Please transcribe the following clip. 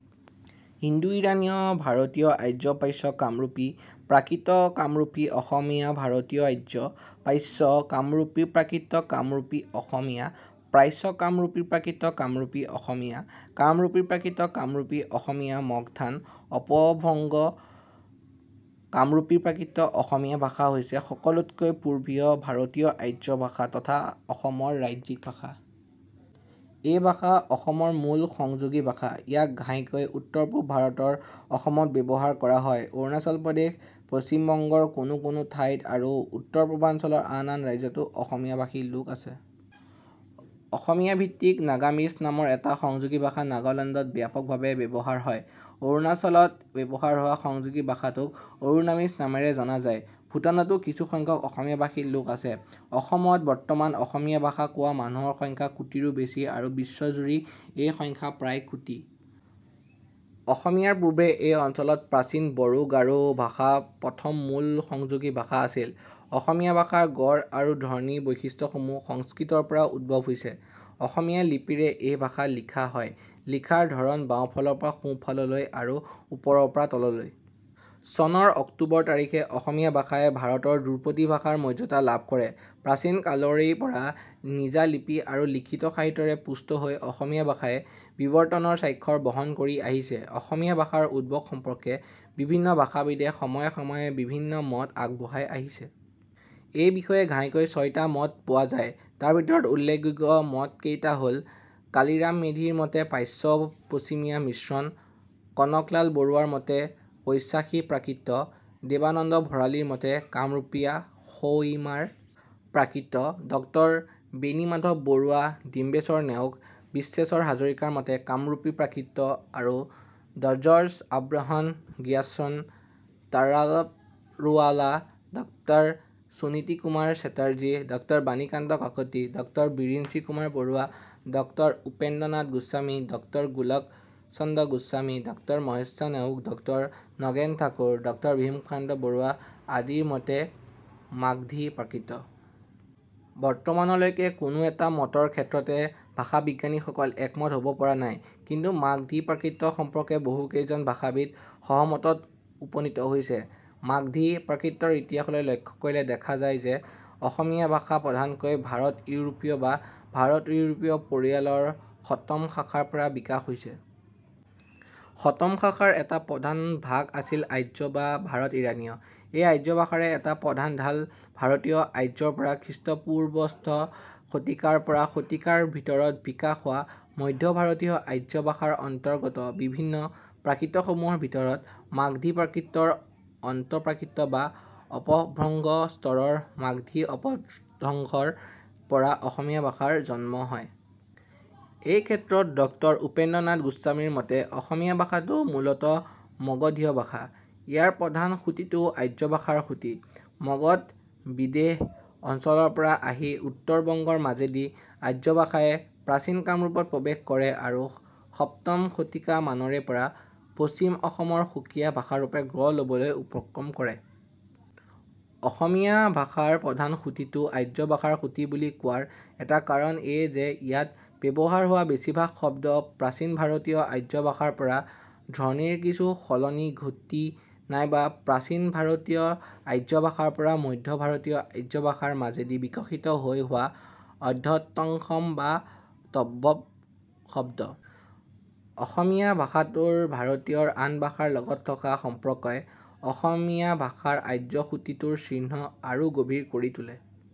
ইণ্ডো-ইৰানীয় ভাৰতীয়-আৰ্য প্ৰাচ্য কামৰূপী প্ৰাকৃত কামৰূপী অসমীয়া ভাৰতীয়-আৰ্য প্ৰাচ্য কামৰূপী প্ৰাকৃত কামৰূপী অসমীয়া প্ৰাচ্য কামৰূপী প্ৰাকৃত কামৰূপী অসমীয়া কামৰূপী প্ৰাকৃত কামৰূপী অসমীয়া মগধান অপভ্ৰংশ কামৰূপী প্ৰাকৃত অসমীয়া ভাষা হৈছে সকলোতকৈ পূৰ্বীয় ভাৰতীয়-আৰ্য ভাষা তথা অসম ৰ ৰাজ্যিক ভাষা। এই ভাষা অসমৰ মূল সংযোগী ভাষা। ইয়াক ঘাইকৈ উত্তৰ-পূব ভাৰত ৰ অসম ত ব্যৱহাৰ কৰা হয়। অৰুণাচল প্ৰদেশ, পশ্চিম বংগ ৰ কোনো কোনো ঠাইত আৰু উত্তৰ-পূৰ্বাঞ্চলৰ আন আন ৰাজ্যতো অসমীয়াভাষী লোক আছে। অসমীয়া-ভিত্তিক নাগামিজ নামৰ এটা সংযোগী ভাষা নাগালেণ্ড ত ব্যাপকভাৱে ব্যৱহাৰ হয়। অৰুণাচলত ব্যৱহাৰ হোৱা সংযোগী ভাষাটোক অৰুণামিজ নামেৰে জনা যায়৷ ভূটান তো কিছুসংখ্যক অসমীয়াভাষী লোক আছে। অসমত বৰ্তমান অসমীয়া ভাষা কোৱা মানুহৰ সংখ্যা কোটিৰো বেছি আৰু বিশ্বজুৰি এই সংখ্যা প্ৰায় কোটি। অসমীয়াৰ পূৰ্বে এই অঞ্চলত প্ৰাচীন বড়ো-গাৰো ভাষা প্ৰথম মূল সংযোগী ভাষা আছিল। অসমীয়া ভাষাৰ গঢ় আৰু ধ্বনি বৈশিষ্ট্যসমূহ সংস্কৃত ৰ পৰা উদ্ভৱ হৈছে। অসমীয়া লিপি ৰে এই ভাষা লিখা হয়। লিখাৰ ধৰণ বাঁওফালৰ পৰা সোঁফাললৈ আৰু ওপৰৰ পৰা তললৈ। চনৰ অক্টোবৰ তাৰিখে অসমীয়া ভাষাই ভাৰতৰ ধ্ৰুপদী ভাষা ৰ মৰ্যাদা লাভ কৰে৷ প্ৰাচীন কালৰে পৰাই নিজা লিপি আৰু লিখিত সাহিত্যৰে পুষ্ট হৈ অসমীয়া ভাষাই বিৱৰ্তনৰ স্বাক্ষৰ বহন কৰি আহিছে। অসমীয়া ভাষাৰ উদ্ভৱ সম্পৰ্কে বিভিন্ন ভাষাবিদে সময়ে সময়ে বিভিন্ন মত আগবঢ়াই আহিছে। এই বিষয়ে ঘাইকৈ ছয়টা মত পোৱা যায়। তাৰ ভিতৰত উল্লেখযোগ্য মত কেইটা হ'ল- কালিৰাম মেধি ৰ মতে প্ৰাচ্য-পশ্চিমিয়া মিশ্ৰণ, কনকলাল বৰুৱা ৰ মতে পৈশাচী প্ৰাকৃত, দেবানন্দ ভৰালী ৰ মতে কামৰূপীয়া, সৈমাৰ প্ৰাকৃত, ড৹ বেণীমাধৱ বৰুৱা, ডিম্বেশ্বৰ নেওগ, বিশ্বেশ্বৰ হাজৰিকা ৰ মতে কামৰূপী প্ৰাকৃত আৰু ড জৰ্জ আব্ৰাহম গ্ৰীয়াৰ্চন, তাৰাপৰোৱালা, ড সুনীতি কুমাৰ চেটাৰ্জী, ড বাণীকান্ত কাকতি, ড বিৰিঞ্চি কুমাৰ বৰুৱা, ড উপেন্দ্ৰনাথ গোস্বামী, ড গোলোকচন্দ্ৰ গোস্বামী, ড মহেশ্বৰ নেওগ, ড নগেন ঠাকুৰ, ড ভীমকান্ত বৰুৱা আদিৰ মতে মাগধী প্ৰাকৃত। বৰ্তমানলৈকে কোনো এটা মতৰ ক্ষেত্ৰতে ভাষাবিজ্ঞানীসকল একমত হ'ব পৰা নাই। কিন্তু মাগধী প্ৰাকৃত সম্পৰ্কে বহু কেইজন ভাষাবিদ সহমতত উপনীত হৈছে। মাগধী প্ৰাকৃতৰ ইতিহাসলৈ লক্ষ্য কৰিলে দেখা যায় যে, অসমীয়া ভাষা প্ৰধানকৈ ভাৰত-ইউৰোপীয় বা ভাৰত-ইউৰোপীয় পৰিয়ালৰ শতম শাখাৰ পৰা বিকাশ হৈছে। শতম শাখাৰ এটা প্ৰধান ভাগ আছিল 'আৰ্য' বা ' ভাৰত-ইৰানীয় '। এই আৰ্যভাষাৰে এটা প্ৰধান ঠাল ভাৰতীয় আৰ্যৰ পৰা খৃঃ পূঃ ষ্ঠ শতিকাৰ পৰা শতিকাৰ ভিতৰত বিকাশ হোৱা মধ্য ভাৰতীয় আৰ্য ভাষাৰ অন্তৰ্গত বিভিন্ন প্ৰাকৃতসমূহৰ ভিতৰৰ মাগধী প্ৰাকৃতৰ অন্ত্য প্ৰাকৃত বা অপভ্ৰংশ স্তৰৰ মাগধী অপভ্ৰংশৰ পৰা অসমীয়া ভাষাৰ জন্ম হয়। এইক্ষেত্ৰত ড উপেন্দ্ৰনাথ গোস্বামী ৰ মতে, অসমীয়া ভাষাটো মূলতঃ মগধীয় ভাষা। ইয়াৰ প্ৰধান সুঁতিটো আৰ্যভাষাৰ সুঁতি। মগধ-বিদেহ অঞ্চলৰ পৰা আহি উত্তৰ-বঙ্গৰ মাজেদি আৰ্য-ভাষাই প্ৰাচীন কামৰূপত প্ৰৱেশ কৰে আৰু সপ্তম শতিকা মানৰে পৰা পশ্চিম-অসমৰ সুকীয়া ভাষাৰূপে গঢ় ল'বলৈ উপক্ৰম কৰে। অসমীয়া ভাষাৰ প্ৰধান সুঁতিটো আৰ্য-ভাষাৰ সুঁতি বুলি কোৱাৰ এটা কাৰণ এয়ে যে ইয়াত ব্যৱহাৰ হোৱা বেছিভাগ শব্দ প্ৰাচীন ভাৰতীয় আৰ্য-ভাষাৰ পৰা ধ্বনিৰ কিছু সলনি ঘটি নাইবা প্ৰাচীন ভাৰতীয় আৰ্য ভাষাৰ পৰা মধ্য ভাৰতীয় আৰ্য ভাষাৰ মাজেদি বিকশিত হৈ হোৱা অৰ্ধতৎসম আৰু তদ্ভৱ শব্দ। অসমীয়া ভাষাটোৰ ভাৰতীয় আন ভাষাৰ লগত থকা সম্পৰ্কই অসমীয়া ভাষাৰ আৰ্য-সুঁতিটোৰ চিহ্ন আৰু গভীৰ কৰি তোলে।।